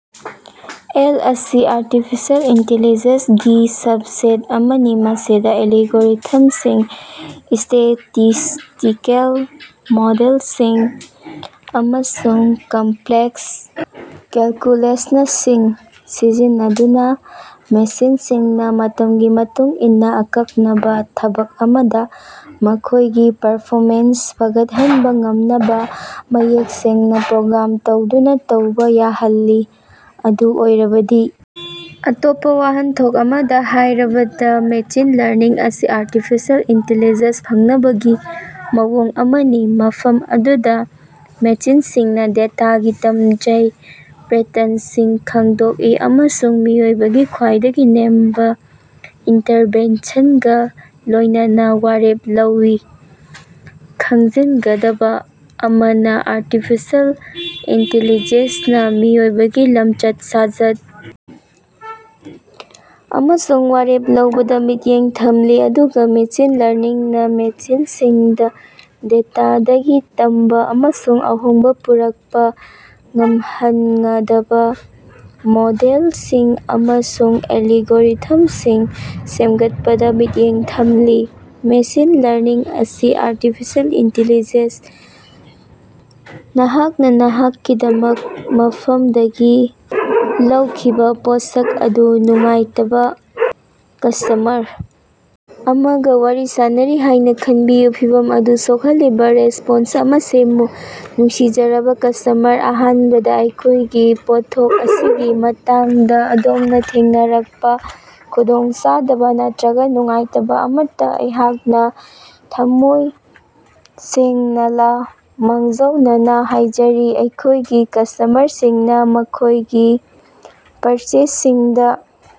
L.) ꯑꯁꯤ artificial intelligence ꯒꯤ subset ꯑꯃꯅꯤ ꯃꯁꯤꯗ ꯑꯦꯜꯒꯣꯔꯤꯊꯝꯁꯤꯡ, ꯁ꯭ꯇꯦꯇꯤꯁ꯭ꯇꯤꯀꯦꯜ ꯃꯣꯗꯦꯜꯁꯤꯡ, ꯑꯃꯁꯨꯡ ꯀꯝꯄ꯭ꯂꯦꯛꯁ ꯃꯦꯊꯃꯦꯇꯤꯀꯦꯜ ꯀꯦꯂꯀꯨꯂꯦꯁꯅꯁꯤꯡ ꯁꯤꯖꯤꯟꯅꯗꯨꯅ ꯃꯦꯁꯤꯟꯁꯤꯡꯅ ꯃꯇꯝꯒꯤ ꯃꯇꯨꯡ ꯏꯟꯅ ꯑꯀꯛꯅꯕ ꯊꯕꯛ ꯑꯃꯗ ꯃꯈꯣꯏꯒꯤ ꯄꯔꯐꯣꯃꯦꯟꯁ ꯐꯒꯠꯍꯟꯕ ꯉꯝꯅꯕ, ꯃꯌꯦꯛ ꯁꯦꯡꯅ ꯄ꯭ꯔꯣꯒ꯭ꯔꯥꯝ ꯇꯧꯗꯅ ꯇꯧꯕ ꯌꯥꯍꯜꯂꯤ꯫ ꯑꯗꯨ ꯑꯣꯏꯔꯕꯗꯤ. ꯑꯇꯣꯞꯄ ꯋꯥꯍꯟꯊꯣꯛ ꯑꯃꯗ ꯍꯥꯏꯔꯕꯗ, ꯃꯦꯁꯤꯟ ꯂꯔꯅꯤꯡ ꯑꯁꯤ ꯑꯥꯔꯇꯤꯐꯤꯁꯤꯑꯦꯜ ꯏꯟꯇꯤꯂꯤꯖꯦꯟꯁ ꯐꯪꯅꯕꯒꯤ ꯃꯑꯣꯡ ꯑꯃꯅꯤ ꯃꯐꯝ ꯑꯗꯨꯗꯥ ꯃꯦꯁꯤꯟꯁꯤꯡꯅ ꯗꯦꯇꯥꯗꯒꯤ ꯇꯃꯖꯩ, ꯄꯦꯇ꯭ꯔꯟꯁꯤꯡ ꯈꯉꯗꯣꯀꯏ ꯑꯃꯁꯨꯡ ꯃꯤꯑꯣꯏꯕꯒꯤ ꯈ꯭ꯋꯥꯏꯗꯒꯤ ꯅꯦꯝꯕ ꯏꯟꯇꯔꯚꯦꯟꯁꯟꯒ ꯂꯣꯏꯅꯅ ꯋꯥꯔꯦꯞ ꯂꯧꯏ꯫ ꯈꯪꯖꯤꯟꯒꯗꯕꯥ ꯑꯃꯅ, ꯑꯥꯔꯇꯤꯐꯤꯁꯤꯑꯦꯜ ꯏꯟꯇꯤꯂꯤꯖꯦꯟꯁꯅꯥ ꯃꯤꯑꯣꯏꯕꯒꯤ ꯂꯃꯆꯠ-ꯁꯥꯖꯠ ꯑꯃꯁꯨꯡ ꯋꯥꯔꯦꯞ ꯂꯧꯕꯗꯥ ꯃꯤꯠꯌꯦꯡ ꯊꯝꯂꯤ ꯑꯗꯨꯒ ꯃꯦꯁꯤꯟ ꯂꯔꯅꯤꯡꯅꯥ ꯃꯦꯁꯤꯟꯁꯤꯡꯅ ꯗꯦꯇꯥꯗꯒꯤ ꯇꯝꯕꯥ ꯑꯃꯁꯨꯡ ꯑꯍꯣꯡꯕ ꯄꯨꯔꯛꯄ ꯌꯥꯍꯉꯗꯕꯥ ꯃꯣꯗꯦꯜꯁꯤꯡ ꯑꯃꯁꯨꯡ ꯑꯦꯜꯒꯣꯔꯤꯊꯝꯁꯤꯡ ꯁꯦꯝꯒꯠꯄꯗ ꯃꯤꯠꯌꯦꯡ ꯊꯝꯂꯤ꯫ ꯃꯦꯁꯤꯟ ꯂꯔꯅꯤꯡ ꯑꯁꯤ ꯑꯥꯔꯇꯤꯐꯤꯁꯤꯑꯦꯜ ꯏꯟꯇꯦꯜꯂꯤꯖꯦꯟꯁ ꯅꯍꯥꯛꯅꯥꯅꯍꯥꯛꯀꯤ ꯃꯐꯝꯗꯒꯤ ꯂꯧꯈꯤꯕꯥ ꯄꯣꯠꯁꯛ ꯑꯗꯨꯗ ꯅꯨꯡꯉꯥꯏꯇꯕꯥ ꯀꯁ꯭ꯇꯃꯔ ꯑꯃꯒ ꯋꯥꯔꯤ ꯁꯥꯅꯔꯤ ꯍꯥꯌꯅꯥ ꯈꯅꯕꯤꯌꯨ꯫ ꯐꯤꯚꯝ ꯑꯗꯨ ꯁꯣꯈꯜꯂꯤꯕꯥ ꯔꯦꯁ꯭ꯄꯣꯟꯁ ꯑꯃꯥ ꯁꯦꯝꯃꯨ꯫ ꯅꯨꯡꯁꯤꯖꯔꯕꯥ ꯀꯁ꯭ꯇꯃꯔ, ꯑꯍꯥꯟꯕꯗ ꯑꯩꯈꯣꯏꯒꯤ ꯄꯣꯠꯊꯣꯛ ꯑꯁꯤꯒꯤ ꯃꯇꯥꯡꯗ ꯑꯗꯣꯝꯅꯥ ꯊꯦꯡꯅꯔꯛꯄꯥ ꯈꯨꯗꯣꯡꯆꯥꯗꯕ ꯅꯠꯇꯔꯒ ꯅꯨꯡꯉꯥꯏꯇꯕ ꯑꯃꯠꯇ ꯑꯩꯍꯥꯛꯅ ꯊꯃꯣꯏ ꯁꯦꯡꯅꯥꯂ ꯃꯥꯡꯖꯧꯅꯅꯥ ꯍꯥꯏꯖꯔꯤ꯫ ꯑꯩꯈꯣꯏꯒꯤ ꯀꯁ꯭ꯇꯃꯔꯁꯤꯡꯅ ꯃꯈꯣꯏꯒꯤ ꯄꯔꯆꯦꯖꯁꯤꯡꯗ